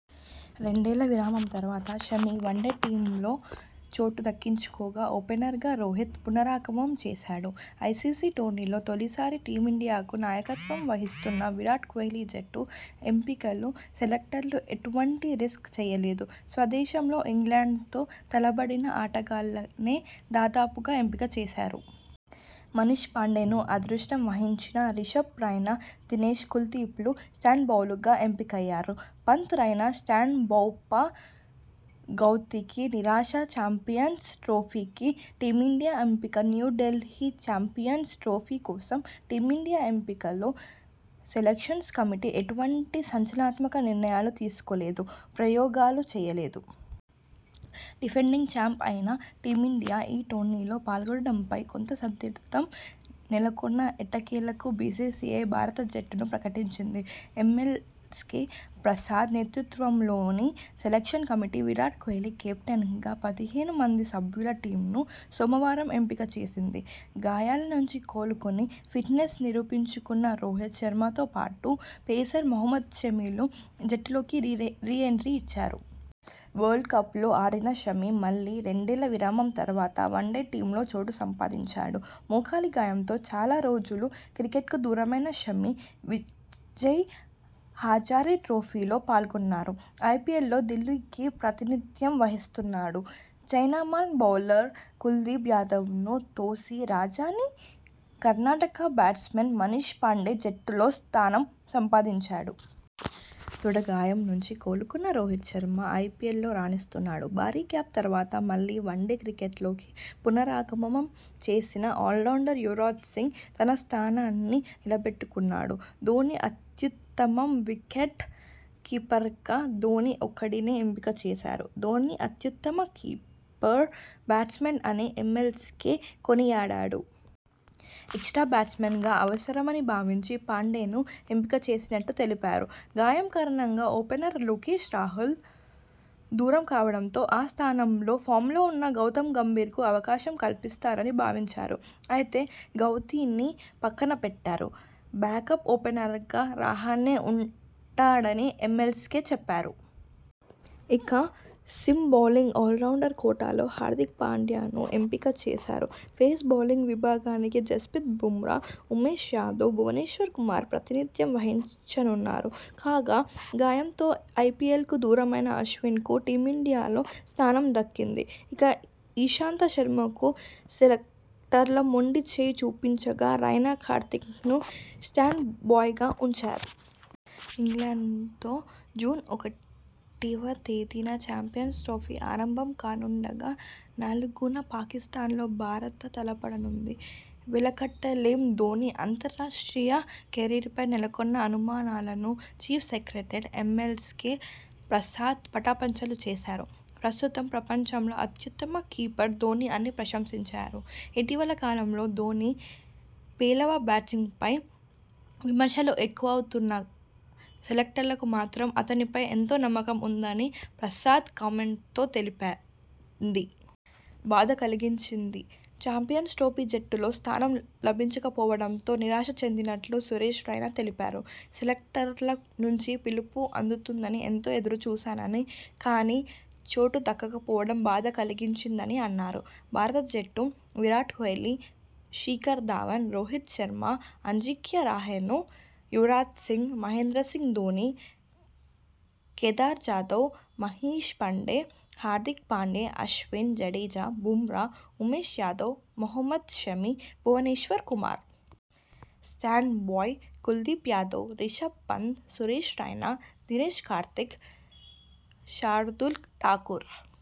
రెండేళ్ల విరామం తర్వాత షమి వన్డే టీమ్లో చోటు దక్కించుకోగా ఓపెనర్గా రోహిత్ పునరాగమం చేశాడు. ఐసీసీ టోర్నీలో తొలిసారి టీమిండియాకు నాయకత్వం వహిస్తున్న విరాట్ కోహ్లీ జట్టు ఎంపికలో సెలెక్టర్లు ఎటువంటి రిస్క్ చేయలేదు. స్వదేశంలో ఇంగ్లండ్తో తలపడిన ఆట గాళ్లనే దాదాపుగా ఎంపిక చేశారు. మనీష్ పాండేను అదృష్టం వరించగా రిషభ్, రైనా, దినేష్, కుల్దీప్ లు స్టాండ్ బౌలుగా ఎంపికయ్యారు. పంత్, రైనా స్టాండ్ బౌ ఫ గౌతీకి నిరాశ చాంపియన్స్ ట్రోఫీకి టీమిండియా ఎంపిక న్యూఢిల్లీ చాంపియన్స్ ట్రోఫీ కోసం టీమిండియా ఎంపికలో సెలెక్షన్ కమిటీ ఎటువంటి సంచలనాత్మక నిర్ణయాలు తీసుకోలేదు ప్రయోగాలూ చేయలేదు. డిఫెండింగ్ చాంప్ అయిన టీమిండియా ఈ టోర్నీలో పాల్గొనడంపై కొంత సందిగ్ధం నెలకొన్నా ఎట్టకేలకు బీసీసీఐ భారత జట్టును ప్రకటించింది. యంయల్ స్కే ప్రసాద్ నేతృత్వంలోని సెలెక్షన్ కమిటీ విరాట్ కోహ్లీ కెప్టెన్గా పదిహేను మంది సభ్యు ల టీమ్ను సోమవారం ఎంపిక చేసింది. గాయాల నుంచి కోలుకుని ఫిట్నెస్ నిరూపించుకున్న రోహిత శర్మతోపాటు పేసర్ మహమ్మద్ షమిలు జట్టులోకి రీ ఎంట్రీ ఇచ్చారు. వరల్డ్ కప్లో ఆడిన షమి మళ్లీ రెండేళ్ల విరామం తర్వాత వన్డే టీమ్లో చోటు సంపాదించాడు. మోకాలి గాయంతో చాలా రోజులు క్రికెట్కు దూరమైన షమి విజయ్ హజారే ట్రోఫీలో పాల్గొన్నాడు. ఐపీఎల్లో ఢిల్లీకి ప్రాతినిధ్యం వహిస్తున్నాడు. చైనామన్ బౌలర్ కుల్దీప్ యాదవ్ను తోసి రాజని కర్ణాటక బ్యాట్స్మన్ మనీష్ పాండే జట్టులో స్థానం సంపాదించాడు. తొడ గాయం నుంచి కోలుకున్న రోహిత శర్మ ఐపీఎల్లో రాణిస్తున్నాడు. భారీ గ్యాప్ తర్వాత మళ్లీ వన్డే క్రికెట్లోకి పునరాగమనం చేసిన ఆల్రౌండర్ యువరాజ్ సింగ్ తన స్థానాన్ని నిలబెట్టుకున్నాడు. ధోనీ అత్యుత్తమం వికెట్ కీపర్గా ధోనీ ఒక్కడినే ఎంపిక చేశారు. ధోనీ అత్యుత్తమ కీపర్, బ్యాట్స్మన్ అని ఎమ్మెస్కే కొనియాడాడు. ఎక్స్ట్రా బ్యాట్స్మన్ అవసరమని భావించి పాండేను ఎంపిక చేసినట్టు తెలిపాడు. గాయం కారణంగా ఓపెనర్ లోకేష్ రాహుల్ దూరం కావడంతో ఆ స్థానంలో ఫామ్లో ఉన్న గౌతమ్ గంభీర్కు అవకాశం కల్పిస్తారని భావించారు. అయితే గౌతీని పక్కన బెట్టారు. బ్యాకప్ ఓపెనర్గా రహానె ఉంటాడని యంయల్ స్కే చెప్పాడు. ఇక సీమ్ బౌలింగ్ ఆల్రౌండర్ కోటాలో హార్దిక్ పాండ్యాను ఎంపిక చేశారు పేస్ బౌలింగ్ విభాగానికి జస్ప్రీత బుమ్రా, ఉమేష్ యాదవ్, భువనేశ్వర్ కుమార్ ప్రాతినిధ్యం వహించనున్నారు. కాగా, గాయంతో ఐపీఎల్కు దూరమైన అశ్విన్కు టీమిండియాలో స్థానం దక్కింది. ఇక ఇషాంత శర్మకు సెలెక్టర్లు మొండి చేయి చూపించగా రైనా, కార్తీక్లను స్టాండ్ బైగా ఉంచారు. ఇంగ్లండ్లో జూన్ ఒకటివ తేదీన చాంపియన్స్ ట్రోఫీ ఆరంభం కానుండగా నాలుగున పాకిస్థాన్తో భారత తలపడనుంది. వెలకట్టలేం ధోనీ అంతర్జాతీయ కెరీర్పై నెలకొన్న అనుమానాలను చీఫ్ సెలెక్టర్ ఎమ్మెస్కే ప్రసాద్ పటాపంచలు చేశాడు. ప్రస్తుతం ప్రపంచంలో అత్యుత్తమ కీపర్ ధోనీ అని ప్రశంసించాడు. ఇటీవలి కాలంలో ధోనీ పేలవ బ్యాటింగ్పై విమర్శలు ఎక్కువవుతున్నా సెలెక్టర్లకు మాత్రం అతడిపై ఎంతో నమ్మకం ఉందని ప్రసాద్ కామెంట్తో తేలిప యింది. బాధ కలిగించింది చాంపియన్స్ ట్రోఫీ జట్టులో స్థానం లభించకపోవడంపై నిరాశ చెందినట్టు సురేష్ రైనా చెప్పాడు. సెలెక్టర్ల నుంచి పిలుపు అందుతుందని ఎంతో ఎదురు చూశానని కానీ చోటు దక్కపోవడం బాధ కలిగించిందని అన్నాడు. భారత జట్టు విరాట్ కోహ్లీ, శిఖర్ ధవన్, రోహిత్ శర్మ, అజింక్యా రహానె, యువరాజ్ సింగ్, మహేంద్ర సింగ్ ధోనీ, కేదార్ జాదవ్, మనీష్ పాండే, హార్దిక్ పాండ్యా, అశ్విన్, జడేజా, బుమ్రా, ఉమేష్ యాదవ్, మహమ్మద్ షమి, భువనేశ్వర్ కుమార్. Stand by Kuldeep Yadav, Rishabh Pant, Suresh Raina, Dinesh Karthik, Shardul Thakur.